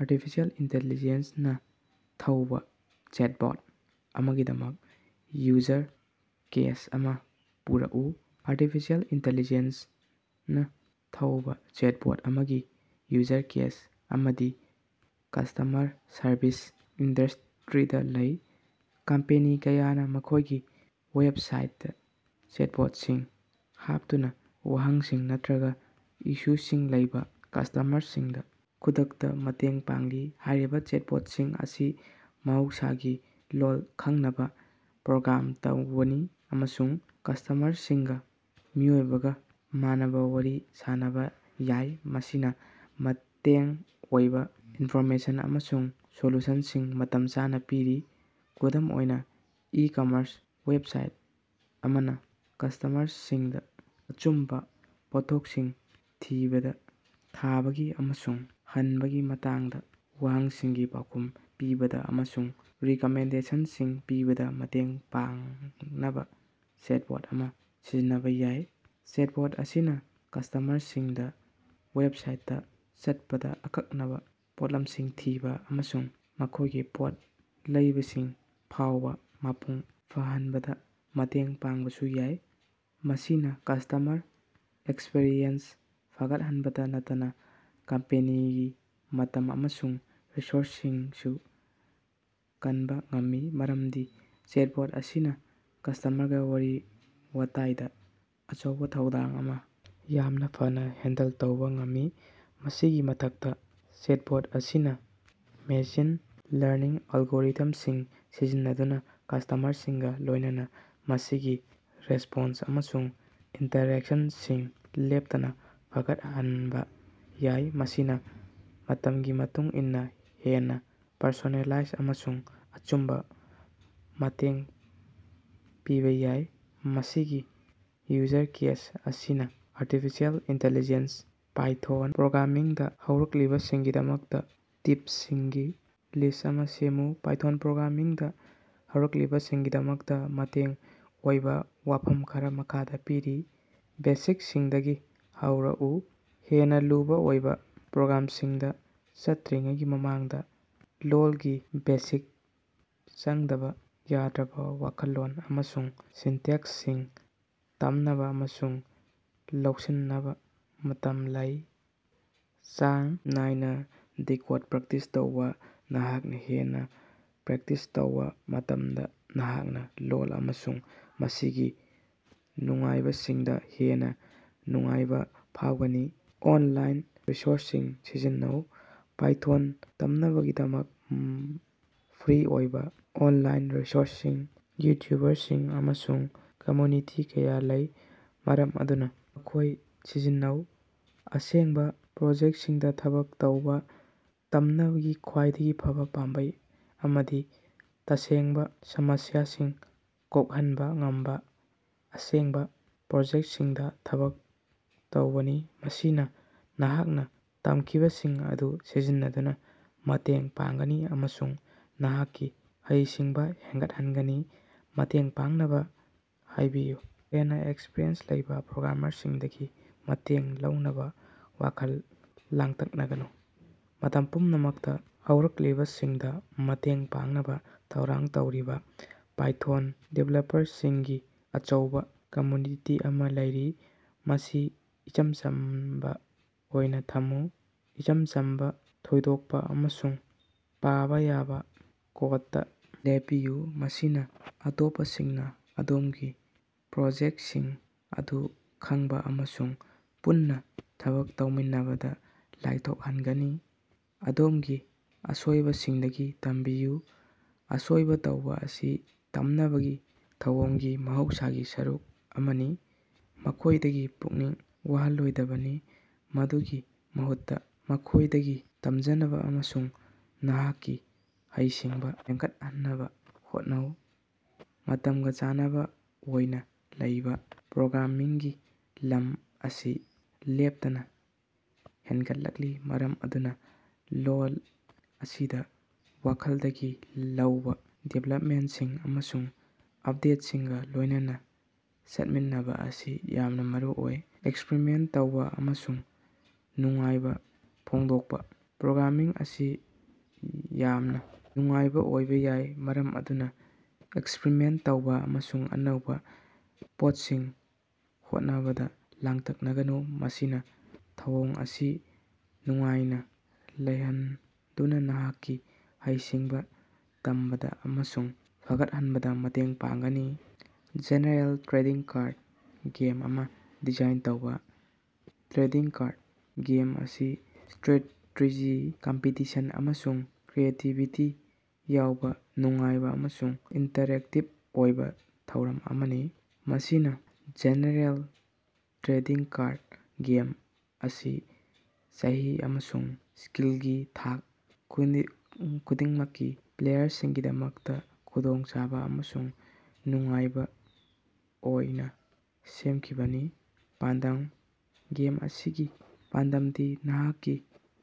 Artificial intelligence ꯅꯥ ꯊꯧꯕ chatbot ꯑꯃꯒꯤꯗꯃꯛ ꯌꯨꯖꯔ ꯀꯦꯁ ꯑꯃ ꯄꯨꯔꯛꯎ꯫ ꯑꯥꯔꯇꯤꯐꯤꯁꯤꯑꯦꯜ ꯏꯟꯇꯤꯂꯤꯖꯦꯟꯁꯅꯥ ꯊꯧꯕꯥ ꯆꯦꯇꯕꯣꯠ ꯑꯃꯒꯤ ꯌꯨꯖꯔ ꯀꯦꯁ ꯑꯃꯗꯤ ꯀꯁꯇꯃꯔ ꯁꯔꯚꯤꯁ ꯏꯟꯗꯁꯇ꯭ꯔꯤꯗ ꯂꯩ꯫ ꯀꯝꯄꯦꯅꯤ ꯀꯌꯥꯅ ꯃꯈꯣꯢꯒꯤ ꯋꯦꯕꯁꯥꯏꯠꯇ ꯆꯦꯇꯕꯣꯠꯁꯤꯡ ꯍꯥꯞꯇꯨꯅ ꯋꯥꯍꯪꯁꯤꯡ ꯅꯠꯇ꯭ꯔꯒ ꯏꯁꯨꯁꯤꯡ ꯂꯩꯕꯥ ꯀꯁꯇꯃꯔꯁꯤꯡꯗ ꯈꯨꯗꯛꯇ ꯃꯇꯦꯡ ꯄꯥꯡꯂꯤ꯫ ꯍꯥꯢꯔꯤꯕ ꯆꯦꯇꯕꯣꯠꯁꯤꯡ ꯑꯁꯤ ꯃꯍꯧꯁꯥꯒꯤ ꯂꯣꯜ ꯈꯪꯅꯕ ꯄ꯭ꯔꯣꯒ꯭ꯔꯥꯝ ꯇꯧꯕꯅꯤ ꯑꯃꯁꯨꯡ ꯀꯁꯇꯃꯔꯁꯤꯡꯒ ꯃꯤꯑꯣꯏꯕꯒ ꯃꯥꯟꯅꯕ ꯋꯥꯔꯤ ꯁꯥꯅꯕ ꯌꯥꯏ ꯃꯁꯤꯅ ꯃꯇꯦꯡ ꯑꯣꯏꯕ ꯏꯟꯐꯣꯔꯃꯦꯁꯟ ꯑꯃꯁꯨꯡ ꯁꯣꯂꯨꯁꯟꯁꯤꯡ ꯃꯇꯝ ꯆꯥꯅ ꯄꯤꯔꯤ꯫ ꯈꯨꯗꯝ ꯑꯣꯏꯅ ꯏ-ꯀꯃꯔꯁ ꯋꯦꯕꯁꯥꯏꯠ ꯑꯃꯅ ꯀꯁꯇꯃꯔꯁꯤꯡꯗ ꯑꯆꯨꯝꯕ ꯄꯣꯠꯊꯣꯛꯁꯤꯡ ꯊꯤꯕꯗ ꯊꯥꯕꯒꯤ ꯑꯃꯁꯨꯡ ꯍꯟꯕꯒꯤ ꯃꯇꯥꯡꯗ ꯋꯥꯍꯪꯁꯤꯡꯒꯤ ꯄꯥꯎꯈꯨꯝ ꯄꯤꯕꯗ ꯑꯃꯁꯨꯡ ꯔꯤꯀꯃꯦꯟꯗꯦꯁꯟꯁꯤꯡ ꯄꯤꯕꯗ ꯃꯇꯦꯡ ꯄꯥꯡꯅꯕ ꯆꯦꯇꯕꯣꯠ ꯑꯃ ꯁꯤꯖꯤꯟꯅꯕ ꯌꯥꯏ꯫ ꯆꯦꯇꯕꯣꯠ ꯑꯁꯤꯅ ꯀꯁꯇꯃꯔꯁꯤꯡꯗ ꯋꯦꯕꯁꯥꯏꯠꯇ ꯆꯠꯄꯗ ꯑꯀꯛꯅꯕ ꯄꯣꯠꯂꯝꯁꯤꯡ ꯊꯤꯕ ꯑꯃꯁꯨꯡ ꯃꯈꯣꯢꯒꯤ ꯄꯣꯠ ꯂꯩꯕꯁꯤꯡ ꯐꯥꯎꯕ ꯃꯄꯨꯡ ꯐꯥꯍꯟꯕꯗ ꯃꯇꯦꯡ ꯄꯥꯡꯕꯁꯨ ꯌꯥꯏ꯫ ꯃꯁꯤꯅꯥ ꯀꯁꯇꯃꯔ ꯑꯦꯛꯁꯄꯤꯔꯤꯑꯦꯟꯁ ꯐꯒꯠꯍꯟꯕꯇ ꯅꯠꯇꯅ ꯀꯝꯄꯦꯅꯤꯒꯤ ꯃꯇꯝ ꯑꯃꯁꯨꯡ ꯔꯤꯁꯣꯔꯁꯁꯤꯡꯁꯨ ꯀꯟꯕ ꯉꯝꯃꯤ ꯃꯔꯝꯗꯤ ꯆꯦꯇꯕꯣꯠ ꯑꯁꯤꯅ ꯀꯁꯇꯃꯔꯒ ꯋꯥꯔꯤ ꯋꯥꯇꯥꯏꯗ ꯑꯆꯧꯕ ꯊꯧꯗꯥꯡ ꯑꯃ ꯌꯥꯝꯅꯐꯥꯅ ꯍꯦꯟꯗꯜ ꯇꯧꯕ ꯉꯝꯃꯤ꯫ ꯃꯁꯤꯒꯤ ꯃꯊꯛꯇ ꯆꯦꯇꯕꯣꯠ ꯑꯁꯤꯅ ꯃꯦꯁꯤꯟ ꯂꯔꯅꯤꯡ ꯑꯦꯂꯒꯣꯔꯤꯊꯝꯁꯤꯡ ꯁꯤꯖꯤꯟꯅꯗꯨꯅ ꯀꯁꯇꯃꯔꯁꯤꯡꯒ ꯂꯣꯢꯅꯅ ꯃꯁꯤꯒꯤ ꯔꯦꯁꯄꯣꯟꯁ ꯑꯃꯁꯨꯡ ꯏꯟꯇꯔꯦꯛꯁꯟꯁꯤꯡ ꯂꯦꯞꯇꯅ ꯐꯒꯠꯍꯟꯕ ꯌꯥꯏ ꯃꯁꯤꯅ ꯃꯇꯝꯒꯤ ꯃꯇꯨꯡ ꯏꯟꯅ ꯍꯦꯟꯅ ꯄꯔꯁꯣꯅꯦꯂꯥꯏꯖ ꯑꯃꯁꯨꯡ ꯑꯆꯨꯝꯕ ꯃꯇꯦꯡ ꯄꯤꯕꯥ ꯌꯥꯏ꯫ ꯃꯁꯤꯒꯤ ꯌꯨꯖꯔ ꯀꯦꯁ ꯑꯁꯤꯅꯥ ꯑꯥꯔꯇꯤꯐꯤꯁꯤꯑꯦꯜ ꯏꯟꯇꯤꯂꯤꯖꯦꯟꯁ ꯄꯥꯏꯊꯣꯟ ꯄ꯭ꯔꯣꯒ꯭ꯔꯥꯃꯤꯡꯗ ꯍꯧꯔꯛꯂꯤꯕꯁꯤꯡꯒꯤꯗꯃꯛꯇ ꯇꯤꯞꯁꯤꯡꯒꯤ ꯂꯤꯁꯠ ꯑꯃ ꯁꯦꯝꯃꯨ꯫ ꯄꯥꯏꯊꯣꯟ ꯄ꯭ꯔꯣꯒ꯭ꯔꯥꯃꯤꯡꯗ ꯍꯧꯔꯛꯂꯤꯕꯁꯤꯡꯒꯤꯗꯃꯛꯇ ꯃꯇꯦꯡ ꯑꯣꯏꯕ ꯋꯥꯐꯝ ꯈꯔꯥ ꯃꯈꯥꯗ ꯄꯤꯔꯤ: ꯕꯦꯁꯤꯛꯁꯤꯡꯗꯒꯤ ꯍꯧꯔꯛꯎ: ꯍꯦꯟꯅ ꯂꯨꯕ ꯑꯣꯏꯕ ꯄ꯭ꯔꯣꯖꯦꯛꯇꯁꯤꯡꯗ ꯆꯠꯇ꯭ꯔꯤꯉꯩꯒꯤ ꯃꯃꯥꯡꯗ ꯂꯣꯜꯒꯤ ꯕꯦꯁꯤꯛ ꯆꯪꯗꯕ ꯌꯥꯗ꯭ꯔꯕ ꯋꯥꯈꯜꯂꯣꯟ ꯑꯃꯁꯨꯡ ꯁꯤꯟꯇꯦꯛꯁꯁꯤꯡ ꯇꯝꯅꯕ ꯑꯃꯁꯨꯡ ꯂꯧꯁꯤꯟꯅꯕ ꯃꯇꯝ ꯂꯧ꯫ ꯆꯥꯡ ꯅꯥꯏꯅ ꯀꯣꯗꯤꯡ ꯄ꯭ꯔꯦꯛꯇꯤꯁ ꯇꯧꯕꯥ: ꯅꯍꯥꯛꯅ ꯍꯦꯟꯅ ꯄ꯭ꯔꯦꯛꯇꯤꯁ ꯇꯧꯕ ꯃꯇꯝꯗ ꯅꯍꯥꯛꯅ ꯂꯣꯜ ꯑꯃꯁꯨꯡ ꯃꯁꯤꯒꯤ ꯅꯨꯡꯉꯥꯏꯕꯁꯤꯡꯗ ꯍꯦꯟꯅ ꯅꯨꯡꯉꯥꯏꯕ ꯐꯥꯎꯒꯅꯤ꯫ ꯑꯣꯟꯂꯥꯏꯟ ꯔꯤꯁꯣꯔꯁꯁꯤꯡ ꯁꯤꯖꯤꯟꯅꯧ: ꯄꯥꯏꯊꯣꯟ ꯇꯝꯅꯕꯒꯤꯗꯃꯛ ꯐ꯭ꯔꯤ ꯑꯣꯏꯕ ꯑꯣꯟꯂꯥꯏꯟ ꯔꯤꯁꯣꯔꯁꯁꯤꯡ, ꯇ꯭ꯌꯨꯇꯔꯤꯌꯔꯁꯤꯡ ꯑꯃꯁꯨꯡ ꯀꯝꯃ꯭ꯌꯨꯅꯤꯇꯤ ꯀꯌꯥ ꯂꯩ ꯃꯔꯝ ꯑꯗꯨꯅ ꯃꯈꯣꯢ ꯁꯤꯖꯤꯟꯅꯧ꯫ ꯑꯁꯦꯡꯕ ꯄ꯭ꯔꯣꯖꯦꯛꯇꯁꯤꯡꯗ ꯊꯕꯛ ꯇꯧꯕꯥ: ꯇꯝꯅꯕꯒꯤ ꯈ꯭ꯋꯥꯏꯗꯒꯤ ꯐꯕ ꯄꯥꯝꯕꯩ ꯑꯃꯗꯤ ꯇꯁꯦꯡꯕ ꯁꯃꯁ꯭ꯌꯥꯁꯤꯡ ꯀꯣꯛꯍꯟꯕ ꯉꯝꯕ ꯑꯁꯦꯡꯕ ꯄ꯭ꯔꯣꯖꯦꯛꯇꯁꯤꯡꯗ ꯊꯕꯛ ꯇꯧꯕꯅꯤ꯫ ꯃꯁꯤꯅ ꯅꯍꯥꯛꯅ ꯇꯝꯈꯤꯕꯁꯤꯡ ꯑꯗꯨ ꯁꯤꯖꯤꯟꯅꯕꯗ ꯃꯇꯦꯡ ꯄꯥꯡꯒꯅꯤ ꯑꯃꯁꯨꯡ ꯅꯍꯥꯛꯀꯤ ꯍꯩꯁꯤꯡꯕ ꯍꯦꯟꯒꯠꯍꯟꯒꯅꯤ꯫ ꯃꯇꯦꯡ ꯄꯥꯡꯅꯕ ꯍꯥꯢꯕꯤꯌꯨ: ꯍꯦꯟꯅ ꯑꯦꯛꯁꯄꯔꯤꯌꯦꯟꯁ ꯂꯩꯕ ꯄ꯭ꯔꯣꯒ꯭ꯔꯥꯃꯔꯁꯤꯡꯗꯒꯤ ꯃꯇꯦꯡ ꯂꯧꯅꯕ ꯋꯥꯈꯜ ꯂꯥꯡꯇꯛꯅꯒꯅꯨ꯫ ꯃꯇꯝ ꯄꯨꯝꯅꯃꯛꯇ ꯍꯧꯔꯛꯂꯤꯕꯁꯤꯡꯗ ꯃꯇꯦꯡ ꯄꯥꯡꯅꯕ ꯊꯧꯔꯥꯡ ꯇꯧꯔꯤꯕ ꯄꯥꯏꯊꯣꯟ ꯗꯤꯕꯦꯂꯄꯔꯁꯤꯡꯒꯤ ꯑꯆꯧꯕ ꯀꯝꯃ꯭ꯌꯨꯅꯤꯇꯤ ꯑꯃ ꯂꯩꯔꯤ꯫ ꯃꯁꯤ ꯏꯆꯝ ꯆꯝꯕ ꯑꯣꯏꯅ ꯊꯝꯃꯨ: ꯏꯆꯝ ꯆꯝꯕ ꯊꯣꯏꯗꯣꯛꯄ ꯑꯃꯁꯨꯡ ꯄꯥꯕ ꯌꯥꯕ ꯀꯣꯗꯇꯥ ꯂꯦꯞꯄꯤꯌꯨ꯫ ꯃꯁꯤꯅ ꯑꯇꯣꯞꯄꯁꯤꯡꯅ ꯑꯗꯣꯝꯒꯤ ꯄ꯭ꯔꯣꯖꯦꯛꯇꯁꯤꯡ ꯑꯗꯨ ꯈꯪꯕ ꯑꯃꯁꯨꯡ ꯄꯨꯟꯅ ꯊꯕꯛ ꯇꯧꯃꯤꯟꯅꯕꯗ ꯂꯥꯏꯊꯣꯛꯍꯜꯂꯒꯅꯤ꯫ ꯑꯗꯣꯝꯒꯤ ꯑꯁꯣꯏꯕꯁꯤꯡꯗꯒꯤ ꯇꯝꯕꯤꯌꯨ: ꯑꯁꯣꯏꯕ ꯇꯧꯕ ꯑꯁꯤ ꯇꯝꯅꯕꯒꯤ ꯊꯧꯑꯣꯡꯒꯤ ꯃꯍꯧꯁꯥꯒꯤ ꯁꯔꯨꯛ ꯑꯃꯅꯤ꯫ ꯃꯈꯣꯢꯗꯒꯤ ꯄꯨꯛꯅꯤꯡ ꯋꯥꯍꯜꯂꯣꯏꯗꯕꯅꯤ꯫ ꯃꯗꯨꯒꯤ ꯃꯍꯨꯠꯇ ꯃꯈꯣꯢꯗꯒꯤ ꯇꯃꯖꯅꯕ ꯑꯃꯁꯨꯡ ꯅꯍꯥꯛꯀꯤ ꯍꯩꯁꯤꯡꯕ ꯍꯦꯟꯒꯠꯍꯟꯅꯕ ꯍꯣꯠꯅꯧ꯫ ꯃꯇꯝꯒ ꯆꯥꯟꯅꯕ ꯑꯣꯏꯅ ꯂꯩꯕꯥ: ꯄ꯭ꯔꯣꯒ꯭ꯔꯥꯃꯤꯡꯒꯤ ꯂꯝ ꯑꯁꯤ ꯂꯦꯞꯇꯅ ꯍꯦꯟꯒꯠꯂꯛꯂꯤ ꯃꯔꯝ ꯑꯗꯨꯅ ꯂꯣꯜ ꯑꯁꯤꯗ ꯈ꯭ꯋꯥꯏꯗꯒꯤ ꯅꯧꯕ ꯗꯤꯕꯦꯂꯞꯃꯦꯟꯇꯁꯤꯡ ꯑꯃꯁꯨꯡ ꯑꯞꯗꯦꯠꯁꯤꯡꯒ ꯂꯣꯢꯅꯅꯥ ꯆꯠꯃꯤꯟꯅꯕ ꯑꯁꯤ ꯌꯥꯝꯅ ꯃꯔꯨꯑꯣꯏ꯫ ꯑꯦꯛꯁꯄꯔꯤꯃꯦꯟꯇ ꯇꯧꯕ ꯑꯃꯁꯨꯡ ꯅꯨꯡꯉꯥꯏꯕ ꯐꯣꯡꯗꯣꯛꯄꯥ: ꯄ꯭ꯔꯣꯒ꯭ꯔꯥꯃꯤꯡ ꯑꯁꯤ ꯌꯥꯝꯅ ꯅꯨꯡꯉꯥꯏꯕ ꯑꯣꯏꯕ ꯌꯥꯏ ꯃꯔꯝ ꯑꯗꯨꯅ ꯑꯦꯛꯁꯄꯔꯤꯃꯦꯟꯇ ꯇꯧꯕ ꯑꯃꯁꯨꯡ ꯑꯅꯧꯕ ꯄꯣꯠꯁꯤꯡ ꯍꯣꯠꯅꯕꯗ ꯂꯥꯡꯇꯛꯅꯒꯅꯨ꯫ ꯃꯁꯤꯅ ꯊꯧꯑꯣꯡ ꯑꯁꯤ ꯅꯨꯡꯉꯥꯏꯅ ꯂꯩꯍꯟꯗꯨꯅ ꯅꯍꯥꯛꯀꯤ ꯍꯩꯁꯤꯡꯕ ꯇꯝꯕꯗ ꯑꯃꯁꯨꯡ ꯐꯒꯠꯍꯟꯕꯗ ꯃꯇꯦꯡ ꯄꯥꯡꯒꯅꯤ꯫ ꯖꯦꯅꯦꯔꯦꯜ ꯇ꯭ꯔꯦꯗꯤꯡ ꯀꯥꯔꯗ ꯒꯦꯝ ꯑꯃ ꯗꯤꯖꯥꯏꯟ ꯇꯧꯕ꯫ ꯇ꯭ꯔꯦꯗꯤꯡ ꯀꯥꯔꯗ ꯒꯦꯝ ꯑꯁꯤ ꯁꯇ꯭ꯔꯦꯇꯦꯖꯤ ꯀꯝꯄꯤꯇꯤꯁꯟ ꯑꯃꯁꯨꯡ ꯀ꯭ꯔꯤꯌꯦꯇꯤꯕꯤꯇꯤ ꯌꯥꯎꯕ ꯅꯨꯡꯉꯥꯏꯕ ꯑꯃꯁꯨꯡ ꯏꯟꯇꯔꯦꯛꯇꯤꯕ ꯑꯣꯏꯕ ꯊꯧꯔꯝ ꯑꯃꯅꯤ꯫ ꯃꯁꯤꯒꯤ ꯖꯦꯅꯦꯔꯦꯜ ꯇ꯭ꯔꯦꯗꯤꯡ ꯀꯥꯔꯗ ꯒꯦꯝ ꯑꯁꯤ ꯆꯍꯤ ꯑꯃꯁꯨꯡ ꯁ꯭ꯀꯤꯜꯒꯤ ꯊꯥꯛ ꯈꯨꯗꯤꯡꯃꯛꯀꯤ ꯄ꯭ꯂꯦꯌꯔꯁꯤꯡꯒꯤꯗꯃꯛꯇ ꯈꯨꯗꯣꯡꯆꯥꯕ ꯑꯃꯁꯨꯡ ꯅꯨꯡꯉꯥꯏꯕ ꯑꯣꯏꯅ ꯁꯦꯝꯈꯤꯕꯅꯤ꯫ ꯄꯥꯟꯗꯝ: ꯒꯦꯝ ꯑꯁꯤꯒꯤ ꯄꯥꯟꯗꯝꯗꯤ ꯅꯍꯥꯛꯀꯤ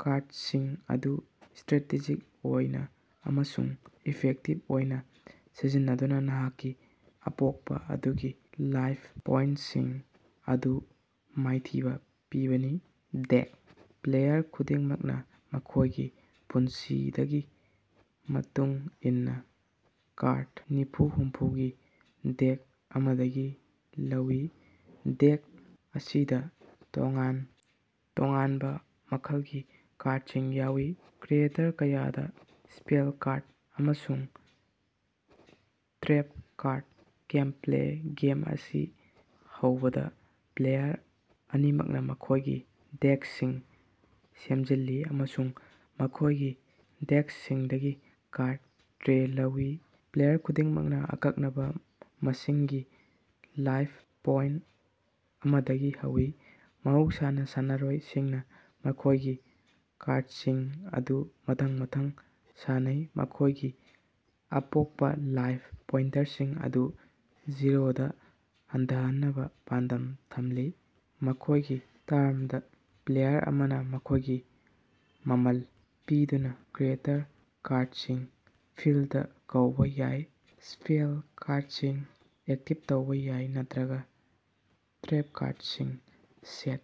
ꯀꯥꯔꯗꯁꯤꯡ ꯑꯗꯨ ꯁꯇ꯭ꯔꯦꯇꯦꯖꯤꯛ ꯑꯣꯏꯅ ꯑꯃꯁꯨꯡ ꯏꯐꯦꯛꯇꯤꯚ ꯑꯣꯏꯅ ꯁꯤꯖꯤꯟꯅꯗꯨꯅ ꯅꯍꯥꯛꯀꯤ ꯑꯄꯣꯛꯄ ꯑꯗꯨꯒꯤ ꯂꯥꯏꯐ ꯄꯣꯏꯟꯇꯁꯤꯡ ꯑꯗꯨ ꯃꯥꯏꯊꯤꯕꯥ ꯄꯤꯕꯅꯤ꯫ ꯗꯦꯛ: ꯄ꯭ꯂꯦꯌꯔ ꯈꯨꯗꯤꯡꯃꯛꯅꯥ ꯃꯈꯣꯢꯒꯤ ꯄꯁꯟꯗꯒꯤ ꯃꯇꯨꯡ ꯏꯟꯅ ꯀꯥꯔꯗ ꯅꯤꯐꯨ-ꯍꯨꯝꯐꯨꯒꯤ ꯗꯦꯛ ꯑꯃꯗꯒꯤ ꯍꯧꯏ꯫ ꯗꯦꯛ ꯑꯁꯤꯗ ꯇꯣꯉꯥꯟ ꯇꯣꯉꯥꯟꯕ ꯃꯈꯜꯒꯤ ꯀꯥꯔꯗꯁꯤꯡ ꯌꯥꯎꯏ: ꯀ꯭ꯔꯤꯌꯦꯇꯔ ꯀꯥꯔꯗ, ꯁ꯭ꯄꯦꯜ ꯀꯥꯔꯗ ꯑꯃꯁꯨꯡ ꯇ꯭ꯔꯦꯞ ꯀꯥꯔꯗ꯫ ꯒꯦꯝꯄ꯭ꯂꯦ: ꯒꯦꯝ ꯑꯁꯤ ꯍꯧꯕꯗ ꯄ꯭ꯂꯦꯌꯔ ꯑꯅꯤꯃꯛꯅ ꯃꯈꯣꯢꯒꯤ ꯗꯦꯛꯁꯤꯡ ꯁꯦꯝꯖꯤꯜꯂꯤ ꯑꯃꯁꯨꯡ ꯃꯈꯣꯢꯒꯤ ꯗꯦꯛꯁꯤꯡꯗꯒꯤ ꯀꯥꯔꯗ ꯇꯔꯦꯠ ꯂꯧꯏ꯫ ꯄ꯭ꯂꯦꯌꯔ ꯈꯨꯗꯤꯡꯃꯛꯅ ꯑꯀꯛꯅꯕ ꯃꯁꯤꯡꯒꯤ ꯂꯥꯏꯐ ꯄꯣꯏꯟꯇ ꯑꯃꯗꯒꯤ ꯍꯧꯏ ꯃꯍꯧꯁꯥꯅ ꯁꯥꯟꯅꯔꯣꯏ ꯁꯤꯡꯅ ꯃꯈꯣꯢꯒꯤ ꯀꯥꯔꯗꯁꯤꯡ ꯑꯗꯨ ꯃꯊꯪ ꯃꯊꯪ ꯁꯥꯟꯅꯩ ꯃꯈꯣꯢꯒꯤ ꯑꯄꯣꯛꯄ ꯂꯥꯏꯐ ꯄꯣꯏꯟꯇꯁꯤꯡ ꯑꯗꯨ ꯖꯤꯔꯣꯗ ꯍꯟꯊꯍꯟꯅꯕ ꯄꯥꯟꯗꯝ ꯊꯝꯂꯤ꯫ ꯃꯈꯣꯢꯒꯤ ꯇꯥꯔꯝꯗ ꯄ꯭ꯂꯦꯌꯔ ꯑꯃꯅ ꯃꯈꯣꯢꯒꯤ ꯃꯃꯜ ꯄꯤꯗꯨꯅ ꯀ꯭ꯔꯤꯌꯦꯇꯔ ꯀꯥꯔꯗꯁꯤꯡ ꯐꯤꯜꯗꯗꯥ ꯀꯧꯕꯥ ꯌꯥꯏ ꯁ꯭ꯄꯦꯜ ꯀꯥꯔꯗꯁꯤꯡ ꯑꯦꯛꯇꯤꯕ ꯇꯧꯕ ꯌꯥꯏ ꯅꯠꯇ꯭ꯔꯒ ꯇ꯭ꯔꯦꯞ ꯀꯥꯔꯗꯁꯤꯡ ꯁꯦꯠ